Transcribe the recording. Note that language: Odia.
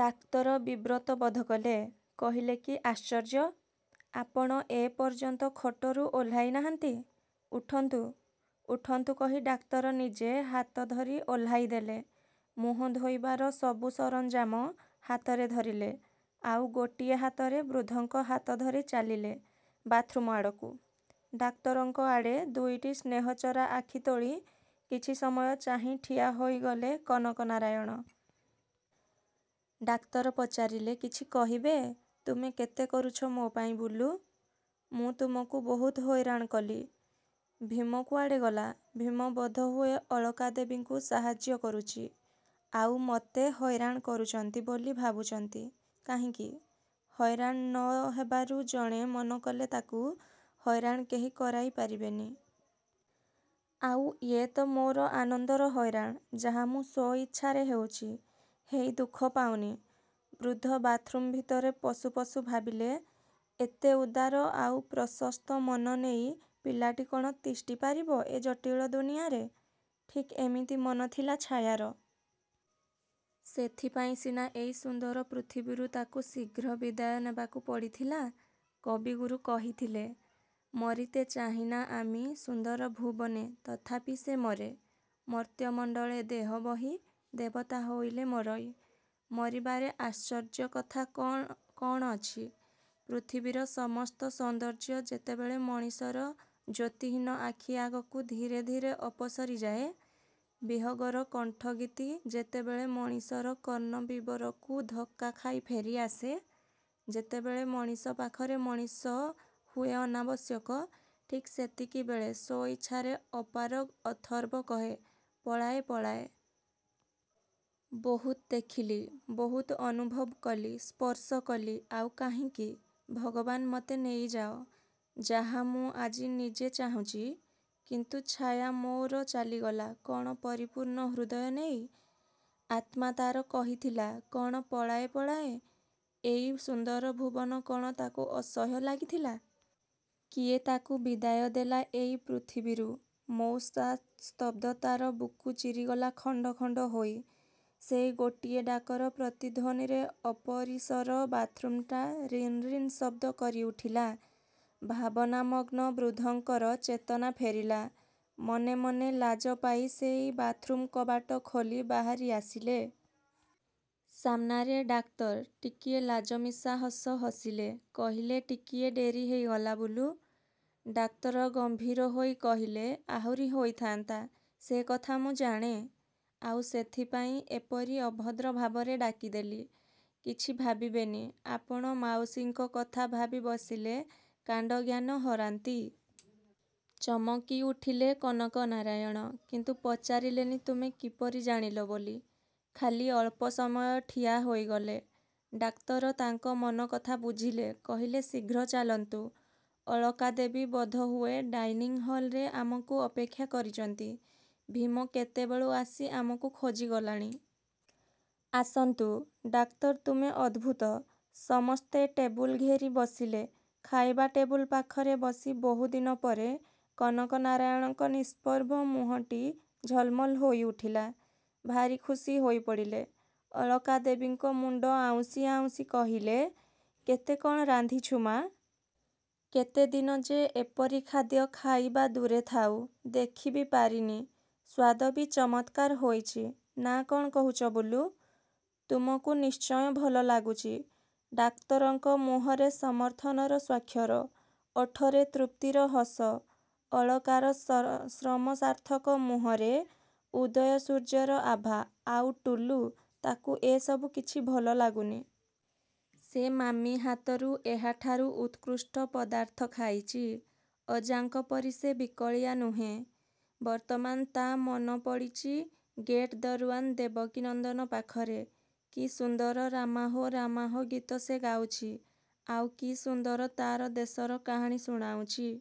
ଡାକ୍ତର ବିବ୍ରତ ବୋଧକଲେ। କହିଲେ କି ଆଶ୍ଚର୍ଯ୍ୟ! ଆପଣ ଏପର୍ଯ୍ୟନ୍ତ ଖଟରୁ ଓଲ୍ହାଇନାହାନ୍ତି! ଉଠନ୍ତୁ, ଉଠନ୍ତୁ କହି ଡାକ୍ତର ନିଜେ ହାତଧରି ଓଲ୍ହାଇଦେଲେ। ମୁହଁ ଧୋଇବାର ସବୁ ସରଞ୍ଜାମ ହାତରେ ଧରିଲେ ଆଉ ଗୋଟିଏ ହାତରେ ବୃଦ୍ଧଙ୍କ ହାତଧରି ଚାଲିଲେ ବାଥରୁମ୍ ଆଡ଼କୁ। ଡାକ୍ତରଙ୍କ ଆଡ଼େ ଦୁଇଟି ସ୍ନେହଝରା ଆଖି ତୋଳି କିଛିସମୟ ଚାହିଁ ଠିଆ ହୋଇଗଲେ କନକ ନାରାୟଣ। ଡାକ୍ତର ପଚାରିଲେ–କିଛି କହିବେ? ତୁମେ କେତେ କରୁଛ ମୋ ପାଇଁ ବୁଲୁ। ମୁଁ ତୁମକୁ ବହୁତ ହଇରାଣ କଲି। ଭୀମ କୁଆଡ଼େ ଗଲା? ଭୀମ ବୋଧହୁଏ ଅଳକାଦେବୀଙ୍କୁ ସାହାଯ୍ୟ କରୁଛି। ଆଉ ମତେ ହଇରାଣ କରୁଛନ୍ତି ବୋଲି ଭାବୁଛନ୍ତି, କାହିଁକି? ହଇରାଣ ନ ହେବାରୁ ଜଣେ ମନକଲେ ତାକୁ ହଇରାଣ କେହି କରାଇ ପାରିବେନି। ଆଉ ୟେ ତ ମୋର ଆନନ୍ଦର ହଇରାଣ। ଯାହା ମୁଁ ସ୍ୱଇଚ୍ଛାରେ ହେଉଛି। ହେଇ ଦୁଃଖ ପାଉନି। ବୃଦ୍ଧ ବାଥ୍ରୁମ୍ ଭିତରେ ପଶୁ ପଶୁ ଭାବିଲେ ଏଡ଼େ ଉଦାର ଆଉ ପ୍ରଶସ୍ତ ମନ ନେଇ ପିଲାଟି କ'ଣ ତିଷ୍ଠିପାରିବ ଏ ଜଟିଳ ଦୁନିଆଁରେ। ଠିକ୍ ଏମିତି ମନ ଥିଲା ଛାୟାର। ସେଥିପାଇଁ ସିନା ଏଇ ସୁନ୍ଦର ପୃଥିବୀରୁ ତାକୁ ଶୀଘ୍ର ବିଦାୟ ନେବାକୁ ପଡ଼ିଥିଲା। କବିଗୁରୁ କହିଥିଲେ 'ମରିତେ ଚାହିଁନା ଆମି ସୁନ୍ଦର ଭୂବନେ ତଥାପି ସେ ମରେ। ମର୍ତ୍ତ୍ୟ ମଣ୍ଡଳେ ଦେହ ବହି ଦେବତା ହୋଇଲେ ମରଇ।'ମରିବାରେ ଆଶ୍ଚର୍ଯ୍ୟ କଥା କ'ଣ ଅଛି। ପୃଥିବୀର ସମସ୍ତ ସୌନ୍ଦର୍ଯ୍ୟ ଯେତେବେଳେ ମଣିଷର ଜ୍ୟୋତିହୀନ ଆଖିଆଗକୁ ଧୀରେ ଧୀରେ ଅପସରିଯାଏ, ବିହଗର କଣ୍ଠଗୀତି ଯେତେବେଳେ ମଣିଷର କର୍ଣ୍ଣବିବରକୁ ଧକ୍କା ଖାଇ ଫେରିଆସେ, ଯେତେବେଳେ ମଣିଷ ପାଖରେ ମଣିଷ ହୁଏ ଅନାବଶ୍ୟକ, ଠିକ୍ ସେତିକିବେଳେ ସ୍ୱଇଚ୍ଛାରେ ଅପାରଗ ଅଥର୍ବ କହେ ପଳାଏ ପଳାଏ। ବହୁତ ଦେଖିଲି, ବହୁତ ଅନୁଭବ କଲି, ସ୍ପର୍ଶ କଲି। ଆଉ କାହିଁକି। ଭଗବାନ ମତେ ନେଇଯାଅ, ଯାହା ମୁଁ ଆଜି ନିଜେ ଚାହୁଁଛି। କିନ୍ତୁ ଛାୟା ମୋର ଚାଲିଗଲା କ'ଣ ପରିପୂର୍ଣ୍ଣ ହୃଦୟ ନେଇ? ଆତ୍ମା ତା'ର କହିଥିଲା କ'ଣ ପଳାଏ ପଳାଏ? ଏଇ ସୁନ୍ଦର ଭୂବନ କ'ଣ ତାକୁ ଅସହ୍ୟ ଲାଗିଥିଲା? କିଏ ତାକୁ ବିଦାୟ ଦେଲା ଏଇ ପୃଥିବୀରୁ? ମଉସା! ସ୍ତବ୍ଧତାର ବୁକୁ ଚିରିଗଲା ଖଣ୍ଡ ଖଣ୍ଡ ହୋଇ। ସେଇ ଗୋଟିଏ ଡାକର ପ୍ରତିଧ୍ୱନିରେ ଅପରିସର ବାଥରୁମ୍ଟା ରିନ୍ ରିନ୍ ଶବ୍ଦ କରିଉଠିଲା। ଭାବନାମଗ୍ନ ବୃଦ୍ଧଙ୍କର ଚେତନା ଫେରିଲା। ମନେ ମନେ ଲାଜ ପାଇ ସେଇ ବାଥ୍ରୁମ୍ କବାଟ ଖୋଲି ବାହାରିଆସିଲେ। ସାମ୍ନାରେ ଡାକ୍ତର। ଟିକିଏ ଲାଜ ମିଶା ହସ ହସିଲେ। କହିଲେ ଟିକିଏ ଡେରି ହେଇଗଲା ବୁଲୁ। ଡାକ୍ତର ଗମ୍ଭୀର ହୋଇ କହିଲେ ଆହୁରି ହୋଇଥାନ୍ତା। ସେକଥା ମୁଁ ଜାଣେ। ଆଉ ସେଥିପାଇଁ ଏପରି ଅଭଦ୍ର ଭାବରେ ଡାକିଦେଲି। କିଛି ଭାବିବେନି। ଆପଣ ମାଉସୀଙ୍କ କଥା ଭାବି ବସିଲେ କାଣ୍ଡଜ୍ଞାନ ହରାନ୍ତି। ଚମକିଉଠିଲେ କନକ ନାରାୟଣ। କିନ୍ତୁ ପଚାରିଲେନି ତୁମେ କିପରି ଜାଣିଲ ବୋଲି। ଖାଲି ଅଳ୍ପ ସମୟ ଠିଆ ହୋଇଗଲେ। ଡାକ୍ତର ତାଙ୍କ ମନକଥା ବୁଝିଲେ। କହିଲେ ଶୀଘ୍ର ଚାଲନ୍ତୁ। ଅଳକା ଦେବୀ ବୋଧହୁଏ ଡାଇନିଙ୍ଗ୍ ହଲରେ ଆମକୁ ଅପେକ୍ଷା କରିଛନ୍ତି। ଭୀମ କେତେବେଳୁ ଆସି ଆମକୁ ଖୋଜି ଗଲାଣି। ଆସନ୍ତୁ। ଡାକ୍ତର ତୁମେ ଅଦ୍ଭୁତ। ସମସ୍ତେ ଟେବୁଲ୍ ଘେରି ବସିଲେ। ଖାଇବା ଟେବୁଲ ପାଖରେ ବସି ବହୁଦିନ ପରେ କନକ ନାରାୟଣଙ୍କ ନିଷ୍ପ୍ରଭ ମୁହଁଟି ଝଲମଲ ହୋଇଉଠିଲା। ଭାରି ଖୁସି ହୋଇପଡ଼ିଲେ। ଅଳକା ଦେବୀଙ୍କ ମୁଣ୍ଡ ଆଉଁସି ଆଉଁସି, କହିଲେ କେତେ କ'ଣ ରାନ୍ଧିଛୁ ମା! କେତେଦିନ ଯେ ଏପରି ଖାଦ୍ୟ ଖାଇବା ଦୂରେ ଥାଉ, ଦେଖିବି ପାରିନି। ସ୍ୱାଦ ବି ଚମତ୍କାର ହୋଇଛି। ନା କ'ଣ କହୁଛ ବୁଲୁ? ତୁମକୁ ନିଶ୍ଚୟ ଭଲ ଲାଗୁଛି। ଡାକ୍ତରଙ୍କ ମୁହଁରେ ସମର୍ଥନର ସ୍ୱାକ୍ଷର। ଓଠରେ ତୃପ୍ତିର ହସ। ଅଳକାର ସର ଶ୍ରମସାର୍ଥକ ମୁହଁରେ ଉଦୟସୂର୍ଯ୍ୟର ଆଭା। ଆଉ ଟୁଲୁ, ତାକୁ ଏ ସବୁ କିଛି ଭଲ ଲାଗୁନି। ସେ ମାମି ହାତରୁ ଏହାଠାରୁ ଉତ୍କୃଷ୍ଟ ପଦାର୍ଥ ଖାଇଛି। ଅଜାଙ୍କ ପରି ସେ ବିକଳିଆ ନୁହେଁ। ବର୍ତ୍ତମାନ ତା' ମନ ପଡ଼ିଛି ଗେଟ୍ ଦରୱାନ ଦେବକୀନନ୍ଦନ ପାଖରେ। କି ସୁନ୍ଦର "ରାମା ହୋ ରାମା ହୋ" ଗୀତ ସେ ଗାଉଛି। ଆଉ କି ସୁନ୍ଦର ତା'ର ଦେଶର କାହାଣୀ ଶୁଣାଉଛି।